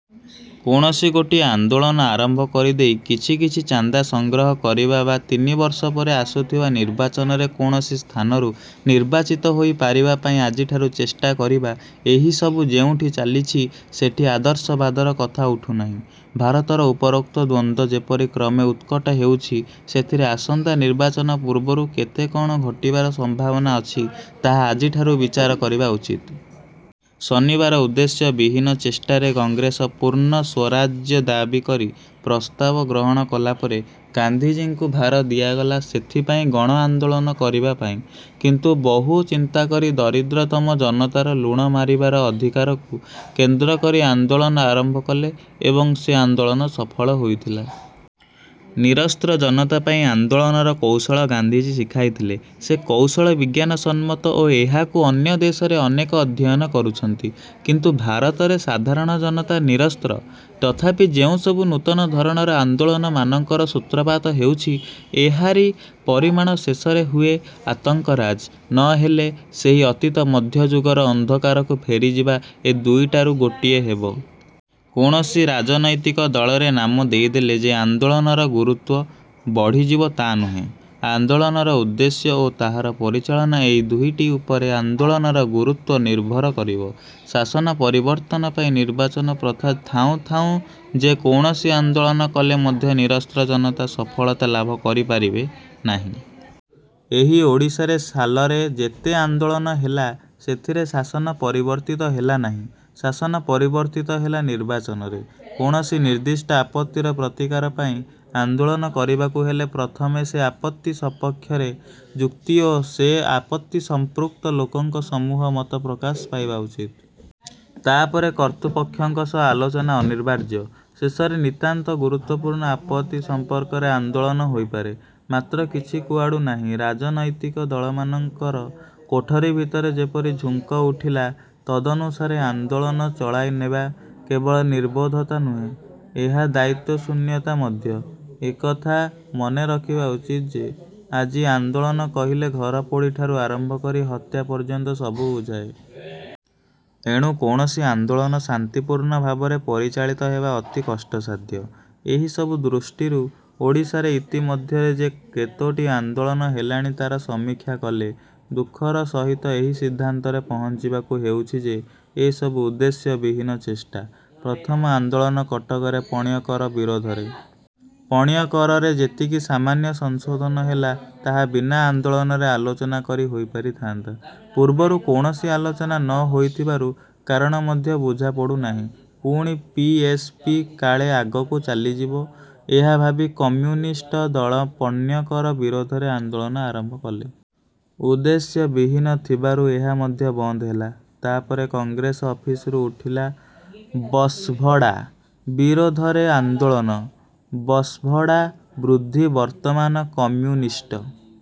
କୌଣସି ଗୋଟିଏ ଆନ୍ଦୋଳନ ଆରମ୍ଭ କରିଦେଇ, କିଛି କିଛି ଚାନ୍ଦା ସଂଗ୍ରହ କରିବା ବା ତିନିବର୍ଷ ପରେ ଆସୁଥିବା ନିର୍ବାଚନରେ କୌଣସି ସ୍ଥାନରୁ ନିର୍ବାଚିତ ହୋଇ ପାରିବା ପାଇଁ ଆଜିଠାରୁ ଚେଷ୍ଟା କରିବା ଏହିସବୁ ଯେଉଁଠି ଚାଲିଛି ସେଠି ଆଦର୍ଶବାଦର କଥା ଉଠୁନାହିଁ। ଭାରତରେ ଉପରୋକ୍ତ ଦ୍ୱନ୍ଦ୍ୱ ଯେପରି କ୍ରମେ ଉତ୍କଟ ହେଉଛି, ସେଥିରେ ଆସନ୍ତା ନିର୍ବାଚନ ପୂର୍ବରୁ କେତେ କଅଣ ଘଟିବାର ସମ୍ଭାବନା ଅଛି ତାହା ଆଜିଠାରୁ ବିଚାର କରିବା ଉଚିତ। ଶନିବାର ଉଦ୍ଦେଶ୍ୟ ବିହୀନ ଚେଷ୍ଟା ରେ କଂଗ୍ରେସ ପୂର୍ଣ୍ଣ ସ୍ୱରାଜ୍ୟ ଦାବି କରି ପ୍ରସ୍ତାବ ଗ୍ରହଣ କଲାପରେ ଗାନ୍ଧିଜୀଙ୍କୁ ଭାର ଦିଆଗଲା ସେଥିପାଇଁ ଗଣଆନ୍ଦୋଳନ କରିବା ପାଇଁ। କିନ୍ତୁ ବହୁ ଚିନ୍ତାକରି ଦରିଦ୍ରତମ ଜନତାର ଲୁଣ ମାରିବାର ଅଧିକାରକୁ କେନ୍ଦ୍ର କରି ଆନ୍ଦୋଳନ ଆରମ୍ଭ କଲେ ଏବଂ ସେ ଆନ୍ଦୋଳନ ସଫଳ ହୋଇଥିଲା। ନିରସ୍ତ୍ର ଜନତାପାଇଁ ଆନ୍ଦୋଳନର କୌଶଳ ଗାନ୍ଧିଜୀ ଶିଖାଇଥିଲେ। ସେ କୌଶଳ ବିଜ୍ଞାନସମ୍ମତ ଓ ଏହାକୁ ଅନ୍ୟ ଦେଶରେ ଅନେକେ ଅଧ୍ୟୟନ କରୁଛନ୍ତି; କିନ୍ତୁ ଭାରତରେ ସାଧାରଣ ଜନତା ନିରସ୍ତ୍ର। ତଥାପି ଯେଉଁସବୁ ନୂତନ ଧରଣର ଆନ୍ଦୋଳନମାନଙ୍କର ସୂତ୍ରପାତ ହେଉଛି ଏହାରି ପରିମାଣ ଶେଷରେ ହୁଏ ଆତଙ୍କରାଜ; ନ ହେଲେ ସେହି ଅତୀତ ମଧ୍ୟଯୁଗର ଅନ୍ଧକାରକୁ ଫେରିଯିବା, ଏ ଦୁଇଟାରୁ ଗୋଟିଏ ହେବ। କୌଣସି ରାଜନୈତିକ ଦଳରେ ନାମ ଦେଇଦେଲେ ଯେ ଆନ୍ଦୋଳନର ଗୁରୁତ୍ୱ। ବଢ଼ିଯିବ ତା' ନୁହେଁ। ଆନ୍ଦୋଳନର ଉଦ୍ଦେଶ୍ୟ ଓ ତାହାର ପରିଚାଳନା ଏହି ଦୁଇଟି ଉପରେ ଆନ୍ଦୋଳନର ଗୁରୁତ୍ୱ ନିର୍ଭର କରିବ। ଶାସନ ପରିବର୍ତ୍ତନ ପାଇଁ ନିର୍ବାଚନ ପ୍ରଥା ଥାଉଁ ଥାଉଁ ଯେ କୌଣସି ଆନ୍ଦୋଳନ କଲେ ମଧ୍ୟ ନିରସ୍ତ୍ର ଜନତା ସଫଳତା ଲାଭ କରିପାରିବେ ନାହିଁ। ଏହି ଓଡ଼ିଶାରେ ସାଲରେ ଯେତେ ଆନ୍ଦୋଳନ ହେଲା, ସେଥିରେ ଶାସନ ପରିବର୍ତ୍ତିତ ହେଲା ନାହିଁ। ଶାସନ ପରିବର୍ତ୍ତିତ ହେଲା ନିର୍ବାଚନରେ। କୌଣସି ନିର୍ଦ୍ଦିଷ୍ଟ ଆପତ୍ତିର ପ୍ରତିକାର ପାଇଁ ଆନ୍ଦୋଳନ କରିବାକୁ ହେଲେ ପ୍ରଥମେ ସେ ଆପତ୍ତି ସପକ୍ଷରେ ଯୁକ୍ତି ଓ ସେ ଆପତ୍ତି ସଂପୃକ୍ତ ଲୋକଙ୍କ ସମୂହ ମତ ପ୍ରକାଶ ପାଇବା ଉଚିତ। ତା'ପରେ କର୍ତ୍ତୃପକ୍ଷଙ୍କ ସହ ଆଲୋଚନା ଅନିବାର୍ଯ୍ୟ। ଶେଷରେ ନିତାନ୍ତ ଗୁରୁତ୍ୱପୂର୍ଣ୍ଣ ଆପତ୍ତି ସମ୍ପର୍କରେ ଆନ୍ଦୋଳନ ହୋଇପାରେ। ମାତ୍ର କିଛି କୁଆଡ଼ୁ ନାହିଁ, ରାଜନୈତିକ ଦଳମାନଙ୍କର କୋଠରୀ ଭିତରେ ଯେପରି ଝୁଙ୍କ ଉଠିଲା ତଦନୁସାରେ ଆନ୍ଦୋଳନ, ଚଳାଇନେବା କେବଳ ନିର୍ବୋଧତା ନୁହେଁ, ଏହା ଦାୟିତ୍ୱଶୂନ୍ୟତା ମଧ୍ୟ। ଏକଥା ମନେ ରଖିବା ଉଚିତ ଯେ, ଆଜି ଆନ୍ଦୋଳନ କହିଲେ ଘରପୋଡ଼ିଠାରୁ ଆରମ୍ଭ କରି ହତ୍ୟା ପର୍ଯ୍ୟନ୍ତ ସବୁ ବୁଝାଏ। ଏଣୁ କୌଣସି ଆନ୍ଦୋଳନ ଶାନ୍ତିପୂର୍ଣ୍ଣ ଭାବରେ ପରିଚାଳିତ ହେବା ଅତି କଷ୍ଟସାଧ୍ୟ। ଏହିସବୁ ଦୃଷ୍ଟିରୁ ଓଡ଼ିଶାରେ ଇତିମଧ୍ୟରେ ଯେ କେତୋଟି ''ଆନ୍ଦୋଳନ'' ହେଲାଣି ତା'ର ସମୀକ୍ଷା କଲେ ଦୁଃଖର ସହିତ ଏହି ସିଦ୍ଧାନ୍ତରେ ପହଞ୍ଚିବାକୁ ହେଉଛି ଯେ ଏସବୁ ଉଦ୍ଦେଶ୍ୟ ବିହୀନ ଚେଷ୍ଟା। ପ୍ରଥମ ଆନ୍ଦୋଳନ କଟକରେ ପଣ୍ୟକର ବିରୋଧରେ। ପଣ୍ୟକରରେ ଯେତିକି ସାମାନ୍ୟ ସଂଶୋଧନ ହେଲା ତାହା ବିନା ଆନ୍ଦୋଳନରେ ଆଲୋଚନା କରି ହୋଇପାରି ଥାନ୍ତା। ପୂର୍ବରୁ କୌଣସି ଆଲୋଚନା ନ ହୋଇଥିବାରୁ କାରଣ ମଧ୍ୟ ବୁଝାପଡ଼ୁନାହିଁ। ପୁଣି ପି. ଏସ. ପି. କାଳେ ଆଗକୁ ଚାଲିଯିବ ଏହା ଭାବି କମ୍ୟୁନିଷ୍ଟ ଦଳ ପଣ୍ୟକର ବିରୋଧରେ ଆନ୍ଦୋଳନ ଆରମ୍ଭ କଲେ। ଉଦ୍ଦେଶ୍ୟ ବିହୀନ ଥିବାରୁ ଏହା ମଧ୍ୟ ବନ୍ଦ ହେଲା। ତା'ପରେ କଂଗ୍ରେସ ଅଫିସରୁ ଉଠିଲା ବସ୍ଭଡ଼ା ବିରୋଧରେ ଆନ୍ଦୋଳନ। ବସ୍ଭଡ଼ା ବୃଦ୍ଧି ବର୍ତ୍ତମାନ କମ୍ୟୁନିଷ୍ଟ,